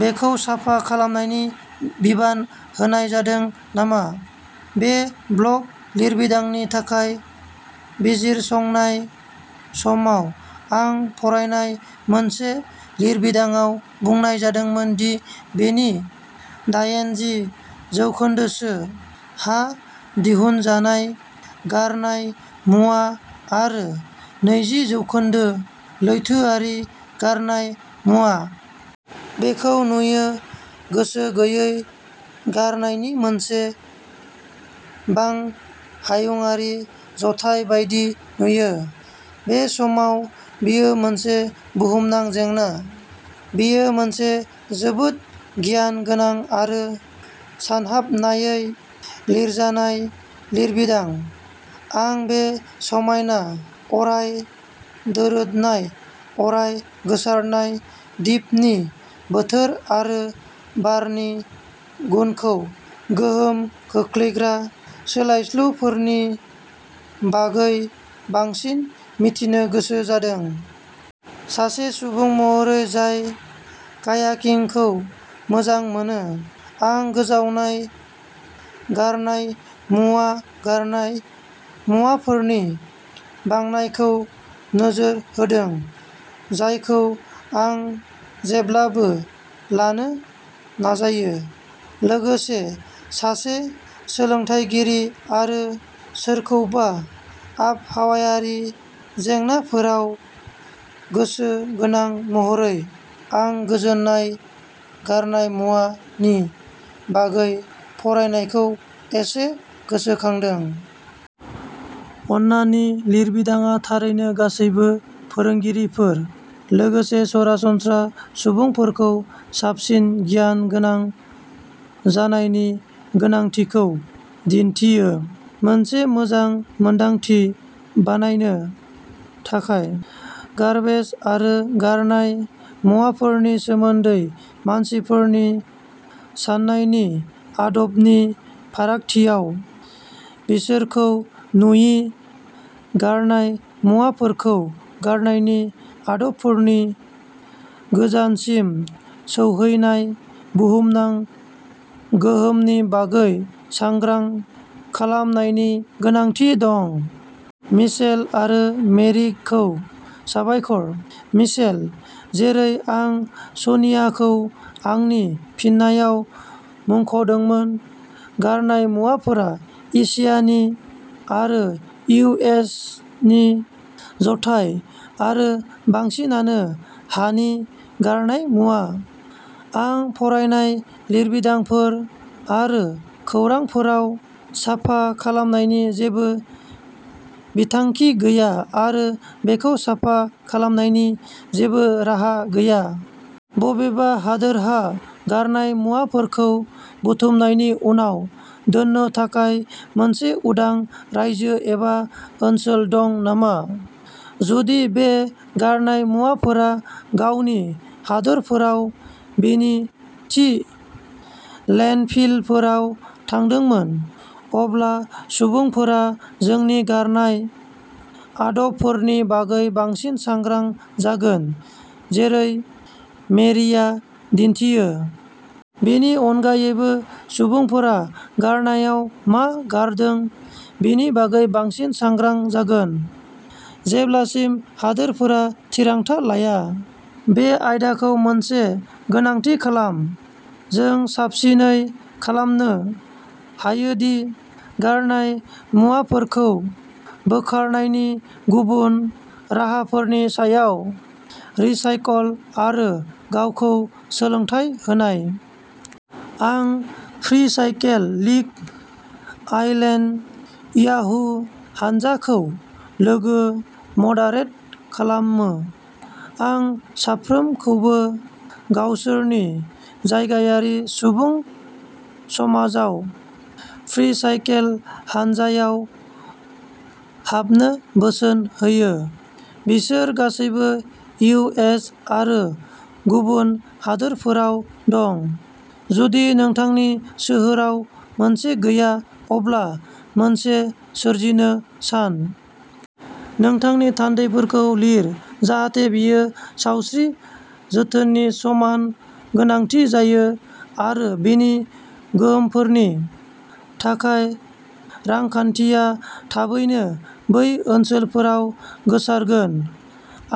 बेखौ साफा खालामनायनि बिबान होनाय जादों नामा? बे ब्लग लिरबिदांनि थाखाय बिजिरसंनाय समाव आं फरायनाय मोनसे लिरबिदांआव बुंनाय जादोंमोन दि बेनि दायेनजि जौखोन्दोसो हा दिहुनजानाय गारनाय मुवा आरो नैजि जौखोन्दो लैथोआरि गारनाय मुवा। बेखौ नुयि, गोसो गैयै गारनायनि मोनसे बां-हायुंआरि जथाय बायदि नुयो। बे समाव बेयो मोनसे बुहुमनां जेंना। बेयो मोनसे जोबोद गियान गोनां आरो सानहाबनायै लिरजानाय लिरबिदां। आं बे समायना, अराय दोरोदनाय, अराय गोसारनाय दिपनि बोथोर आरो बारनि गुनखौ गोहोम खोख्लैग्रा सोलायस्लुफोरनि बागै बांसिन मिथिनो गोसो जादों। सासे सुबुं महरै जाय कायाकिंखौ मोजां मोनो, आं गोजावनाय गारनाय मुवा गारनाय मुवाफोरनि बांनायखौ नोजोर होदों, जायखौ आं जेब्लाबो लानो नाजायो। लोगोसे, सासे सोलोंथायगिरि आरो सोरखौबा आबहावायारि जेंनाफोराव गोसो गोनां महरै, आं गोजोनाय गारनाय मुवा नि बागै फरायनायखौ एसे गोसोखांदों। अन्नानि लिरबिदांआ थारैनो गासैबो फोरोंगिरिफोर, लोगोसे सरासनस्रा सुबुंफोरखौबो साबसिन गियान गोनां जानायनि गोनांथिखौ दिन्थियो। मोनसे मोजां मोनदांथि बानायनो थाखाय। गार्बेज आरो गारनाय मुवाफोरनि सोमोन्दै मानसिफोरनि साननायनि आदब नि फारागथियाव, बिसोरखौ नुयि गारनाय मुवाफोरखौ गारनायनि आदबफोरनि गोजानसिम सौहैनाय बुहुमनां गोहोमनि बागै सांग्रां खालामनायनि गोनांथि दं। मिचेल आरो मेरिखौ साबायखर। मिचेल, जेरै आं सनियाखौ आंनि फिननायाव मुंख'दोंमोन, गारनाय मुवाफोरा एसियानि आरो इउ एस नि जथाय आरो बांसिनानो हानि गारनाय मुवा। आं फरायनाय लिरबिदांफोर आरो खौरांफोराव, साफा खालामनायनि जेबो बिथांखि गैया आरो बेखौ साफा खालामनायनि जेबो राहा गैया। बबेबा हादोरहा गारनाय मुवाफोरखौ बुथुमनायनि उनाव दोननो थाखाय मोनसे उदां रायजो एबा ओनसोल दं नामा? जुदि बे गारनाय मुवाफोरा गावनि हादोरफोराव बेनि थि लेन्डफिलफोराव थांदोंमोन, अब्ला सुबुंफोरा जोंनि गारनाय आदबफोरनि बागै बांसिन सांग्रां जागोन, जेरै मेरिया दिन्थियो। बेनि अनगायैबो, सुबुंफोरा गारनायाव मा गारदों बेनि बागै बांसिन सांग्रां जागोन। जेब्लासिम हादोरफोरा थिरांथा लाया। बे आयदाखौ मोनसे गोनांथि खालाम, जों साबसिनै खालामनो हायोदि गारनाय मुवाफोरखौ बोखारनायनि गुबुन राहाफोरनि सायाव रिसाइकल आरो गावखौ सोलोंथाय होनाय। आं फ्रीसाइकेल बिग आइलेन्ड याहू हानजाखौ लोगो मदारेट खालामो। आं साफ्रोमखौबो गावसोरनि जायगायारि सुबुं समाजाव फ्रीसाइकेल हानजायाव हाबनो बोसोन होयो। बिसोर गासैबो इउ एस आरो गुबुन हादोरफोराव दं। जुदि नोंथांनि सोहोराव मोनसे गैया, अब्ला मोनसे सोरजिनो सान। नोंथांनि थान्दैफोरखौ लिर जाहाथे बेयो सावस्रि जोथोननि समान गोनांथि जायो आरो बेनि गोहोमफोरनि थाखाय रांखान्थिया थाबैनो बै ओनसोलफोराव गोसारगोन।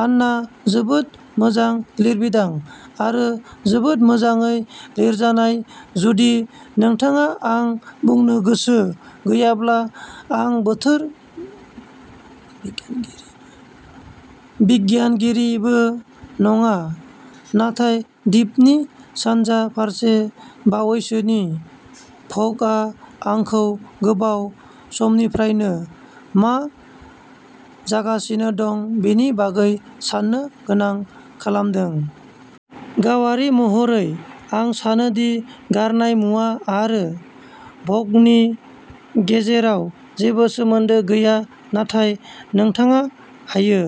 आन्ना जोबोद मोजां लिरबिदां आरो जोबोद मोजाङै लिरजानाय जुदि नोंथाङा आं बुंनो गोसो गैयाब्ला आं बोथोर बिगियानगिरिबो नङा नाथाय दिपनि सानजा फारसे बावैसोनि भ'गआ आंखौ गोबाव समनिफ्रायनो मा जागासिनो दं बेनि बागै साननो गोनां खालामदों। गावारि महरै, आं सानो दि गारनाय मुवा आरो भ'गनि गेजेराव जेबो सोमोन्दो गैया, नाथाय नोंथाङा हायो।